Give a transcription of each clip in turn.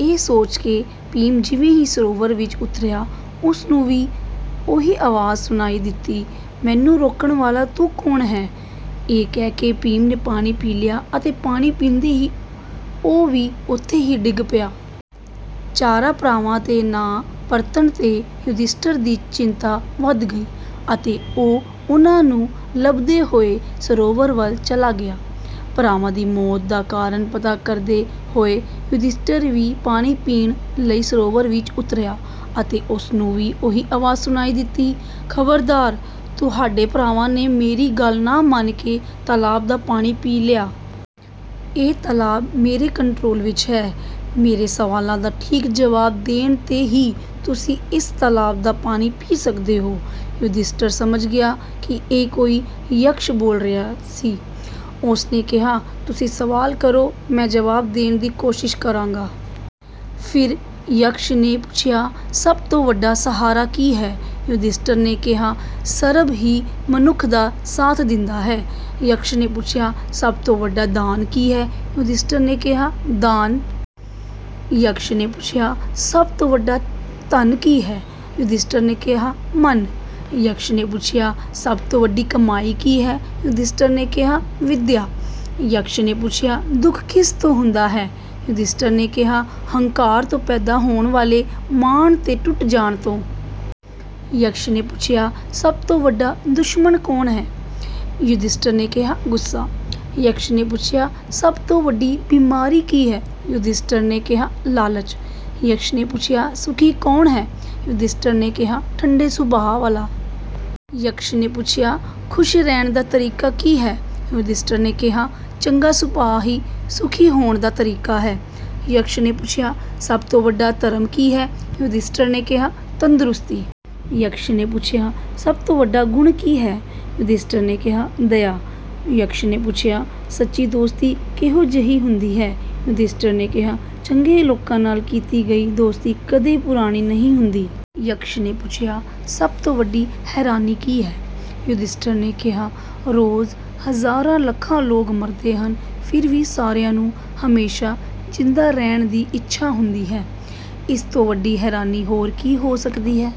ਇਹ ਸੋਚ ਕੇ ਭੀਮ ਜਿਵੇਂ ਹੀ ਸਰੋਵਰ ਵਿੱਚ ਉਤਰਿਆ ਉਸ ਨੂੰ ਵੀ ਉਹੀ ਆਵਾਜ਼ ਸੁਣਾਈ ਦਿੱਤੀ "ਮੈਨੂੰ ਰੋਕਣ ਵਾਲਾ ਤੂੰ ਕੌਣ ਹੈ" ਇਹ ਕਹਿ ਕੇ ਭੀਮ ਨੇ ਪਾਣੀ ਪੀ ਲਿਆ ਅਤੇ ਪਾਣੀ ਪੀਂਦੇ ਹੀ ਉਹ ਵੀ ਉੱਥੇ ਹੀ ਡਿੱਗ ਪਿਆ। ਚਾਰਾਂ ਭਰਾਵਾਂ ਦੇ ਨਾ ਪਰਤਣ ਤੇ ਯੁਧਿਸ਼ਠਰ ਦੀ ਚਿੰਤਾ ਵਧ ਗਈ ਅਤੇ ਉਹ ਉਨ੍ਹਾਂ ਨੂੰ ਲੱਭਦੇ ਹੋਏ ਸਰੋਵਰ ਵੱਲ ਚਲਾ ਗਿਆ। ਭਰਾਵਾਂ ਦੀ ਮੌਤ ਦਾ ਕਾਰਨ ਪਤਾ ਕਰਦੇ ਹੋਏ ਯੁਧਿਸ਼ਠਰ ਵੀ ਪਾਣੀ ਪੀਣ ਲਈ ਸਰੋਵਰ ਵਿੱਚ ਉਤਰਿਆ ਅਤੇ ਉਸ ਨੂੰ ਵੀ ਉਹੀ ਆਵਾਜ਼ ਸੁਣਾਈ ਦਿੱਤੀ "ਖਬਰਦਾਰ ਤੁਹਾਡੇ ਭਰਾਵਾਂ ਨੇ ਮੇਰੀ ਗੱਲ ਨਾ ਮੰਨ ਕੇ ਤਾਲਾਬ ਦਾ ਪਾਣੀ ਪੀ ਲਿਆ। ਇਹ ਤਾਲਾਬ ਮੇਰੇ ਕੰਟਰੋਲ ਵਿੱਚ ਹੈ। ਮੇਰੇ ਸਵਾਲਾਂ ਦਾ ਠੀਕ ਜਵਾਬ ਦੇਣ ਤੇ ਹੀ ਤੁਸੀਂ ਇਸ ਤਾਲਾਬ ਦਾ ਪਾਣੀ ਪੀ ਸਕਦੇ ਹੋ" ਯੁਧਿਸ਼ਠਰ ਸਮਝ ਗਿਆ ਕਿ ਇਹ ਕੋਈ ਯਕਸ਼ ਬੋਲ ਰਿਹਾ ਸੀ। ਉਸ ਨੇ ਕਿਹਾ "ਤੁਸੀਂ ਸਵਾਲ ਕਰੋ ਮੈਂ ਜਵਾਬ ਦੇਣ ਦੀ ਕੋਸ਼ਿਸ਼ ਕਰਾਂਗਾ"। ਫਿਰ ਯਕਸ਼ ਨੇ ਪੁੱਛਿਆ ਸਭ ਤੋਂ ਵੱਡਾ ਸਹਾਰਾ ਕੀ ਹੈ ਯੁਧਿਸ਼ਠਰ ਨੇ ਕਿਹਾ ਸਬਰ ਹੀ ਮਨੁੱਖ ਦਾ ਸਾਥ ਦਿੰਦਾ ਹੈ। ਯਕਸ਼ ਨੇ ਪੁੱਛਿਆ ਸਭ ਤੋਂ ਵੱਡਾ ਦਾਨ ਕੀ ਹੈ ਯੁਧਿਸ਼ਠਰ ਨੇ ਕਿਹਾ ਦਾਨ। ਯਕਸ਼ ਨੇ ਪੁੱਛਿਆ ਸਭ ਤੋਂ ਵੱਡਾ ਧਨ ਕੀ ਹੈ ਯੁਧਿਸ਼ਠਰ ਨੇ ਕਿਹਾ ਮਨ। ਯਕਸ਼ ਨੇ ਪੁੱਛਿਆ ਸਭ ਤੋਂ ਵੱਡੀ ਕਮਾਈ ਕੀ ਹੈ ਯੁਧਿਸ਼ਠਰ ਨੇ ਕਿਹਾ ਵਿਦਿਆ। ਯਕਸ਼ ਨੇ ਪੁੱਛਿਆ ਦੁੱਖ ਕਿਸ ਤੋਂ ਹੁੰਦਾ ਹੈ ਯੁਧਿਸ਼ਠਰ ਨੇ ਕਿਹਾ ਹੰਕਾਰ ਤੋਂ ਪੈਦਾ ਹੋਣ ਵਾਲੇ ਮਾਣ ਦੇ ਟੁੱਟ ਜਾਣ ਤੋਂ। ਯਕਸ਼ ਨੇ ਪੁੱਛਿਆ ਸਭ ਤੋਂ ਵੱਡਾ ਦੁਸ਼ਮਣ ਕੌਣ ਹੈ ਯੁਧਿਸ਼ਠਰ ਨੇ ਕਿਹਾ ਗੁੱਸਾ। ਯਕਸ਼ ਨੇ ਪੁੱਛਿਆ ਸਭ ਤੋਂ ਵੱਡੀ ਬਿਮਾਰੀ ਕੀ ਹੈ ਯੁਧਿਸ਼ਠਰ ਨੇ ਕਿਹਾ ਲਾਲਚ। ਯਕਸ਼ ਨੇ ਪੁੱਛਿਆ ਸੁਖੀ ਕੌਣ ਹੈ ਯੁਧਿਸ਼ਠਰ ਨੇ ਕਿਹਾ ਠੰਡੇ ਸੁਭਾਅ ਵਾਲਾ। ਯਕਸ਼ ਨੇ ਪੁੱਛਿਆ ਖੁਸ਼ ਰਹਿਣ ਦਾ ਤਰੀਕਾ ਕੀ ਹੈ ਯੁਧਿਸ਼ਠਰ ਨੇ ਕਿਹਾ ਚੰਗਾ ਸੁਭਾਅ ਹੀ ਸੁਖੀ ਹੋਣ ਦਾ ਤਰੀਕਾ ਹੈ। ਯਕਸ਼ ਨੇ ਪੁੱਛਿਆ ਸਭ ਤੋਂ ਵੱਡਾ ਧਰਮ ਕੀ ਹੈ ਯੁਧਿਸ਼ਠਰ ਨੇ ਕਿਹਾ ਤੰਦਰੁਸਤੀ। ਯਕਸ਼ ਨੇ ਪੁੱਛਿਆ ਸਭ ਤੋਂ ਵੱਡਾ ਗੁਣ ਕੀ ਹੈ ਯੁਧਿਸ਼ਠਰ ਨੇ ਕਿਹਾ ਦਇਆ। ਯਕਸ਼ ਨੇ ਪੁੱਛਿਆ ਸੱਚੀ ਦੋਸਤੀ ਕਿਹੋ ਜਿਹੀ ਹੁੰਦੀ ਹੈ ਯੁਧਿਸ਼ਠਰ ਨੇ ਕਿਹਾ ਚੰਗੇ ਲੋਕਾਂ ਨਾਲ ਕੀਤੀ ਗਈ ਦੋਸਤੀ ਕਦੇ ਪੁਰਾਣੀ ਨਹੀਂ ਹੁੰਦੀ। ਯਕਸ਼ ਨੇ ਪੁੱਛਿਆ ਸਭ ਤੋਂ ਵੱਡੀ ਹੈਰਾਨੀ ਕੀ ਹੈ ਯੁਧਿਸ਼ਠਰ ਨੇ ਕਿਹਾ ਰੋਜ਼ ਹਜ਼ਾਰਾਂ ਲੱਖਾਂ ਲੋਕ ਮਰਦੇ ਹਨ ਫਿਰ ਵੀ ਸਾਰਿਆਂ ਨੂੰ ਹਮੇਸ਼ਾ ਜਿੰਦਾ ਰਹਿਣ ਦੀ ਇੱਛਾ ਹੁੰਦੀ ਹੈ। ਇਸ ਤੋਂ ਵੱਡੀ ਹੈਰਾਨੀ ਹੋਰ ਕੀ ਹੋ ਸਕਦੀ ਹੈ।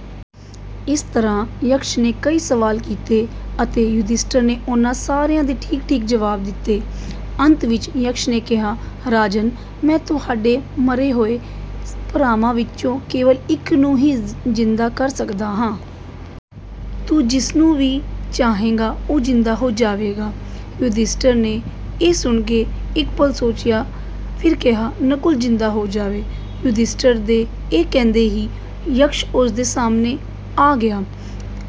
ਇਸ ਤਰ੍ਹਾਂ ਯਕਸ਼ ਨੇ ਕਈ ਸਵਾਲ ਕੀਤੇ ਅਤੇ ਯੁਧਿਸ਼ਠਰ ਨੇ ਉਨ੍ਹਾਂ ਸਾਰਿਆਂ ਦੇ ਠੀਕ ਠੀਕ ਜਵਾਬ ਦਿੱਤੇ। ਅੰਤ ਵਿੱਚ ਯਕਸ਼ ਨੇ ਕਿਹਾ "ਰਾਜਨ ਮੈਂ ਤੁਹਾਡੇ ਮਰੇ ਹੋਏ ਭਰਾਵਾਂ ਵਿੱਚੋਂ ਕੇਵਲ ਇੱਕ ਨੂੰ ਹੀ ਜਿੰਦਾ ਕਰ ਸਕਦਾ ਹਾਂ। ਤੂੰ ਜਿਸਨੂੰ ਵੀ ਚਾਹੇਂਗਾ ਉਹ ਜਿੰਦਾ ਹੋ ਜਾਵੇਗਾ"। ਯੁਧਿਸ਼ਠਰ ਨੇ ਇਹ ਸੁਣ ਕੇ ਇੱਕ ਪਲ ਸੋਚਿਆ ਫਿਰ ਕਿਹਾ "ਨਕੁਲ ਜਿੰਦਾ ਹੋ ਜਾਵੇ"। ਯੁਧਿਸ਼ਠਰ ਦੇ ਇਹ ਕਹਿੰਦੇ ਹੀ ਯਕਸ਼ ਉਸ ਦੇ ਸਾਹਮਣੇ ਆ ਗਿਆ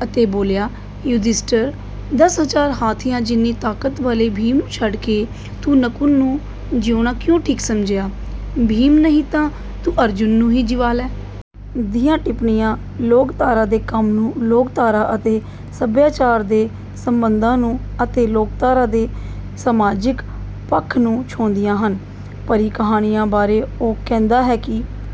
ਅਤੇ ਬੋਲਿਆ "ਯੁਧਿਸ਼ਠਰ ਦਸ ਹਜ਼ਾਰ ਹਾਥੀਆਂ ਜਿੰਨੀ ਤਾਕਤ ਵਾਲੇ ਭੀਮ ਨੂੰ ਛੱਡ ਕੇ ਤੂੰ ਨਕੁਲ ਨੂੰ ਜਿਵਾਉਣਾ ਕਿਉਂ ਠੀਕ ਸਮਝਿਆ ਭੀਮ ਨਹੀਂ ਤਾਂ ਤੂੰ ਅਰਜੁਨ ਨੂੰ ਹੀ ਜਿਵਾ ਲੈ"। ਦੀਆਂ ਟਿੱਪਣੀਆਂ ਲੋਕਧਾਰਾ ਦੇ ਕੰਮ ਨੂੰ ਲੋਕਧਾਰਾ ਅਤੇ ਸਭਿਆਚਾਰ ਦੇ ਸਬੰਧਾਂ ਨੂੰ ਅਤੇ ਲੋਕਧਾਰਾ ਦੇ ਸਮਾਜਿਕ ਪੱਖ ਨੂੰ ਛੋਂਹਦੀਆਂ ਹਨ। "ਪਰੀ ਕਹਾਣੀਆਂ" ਬਾਰੇ ਉਹ ਕਹਿੰਦਾ ਹੈ ਕਿ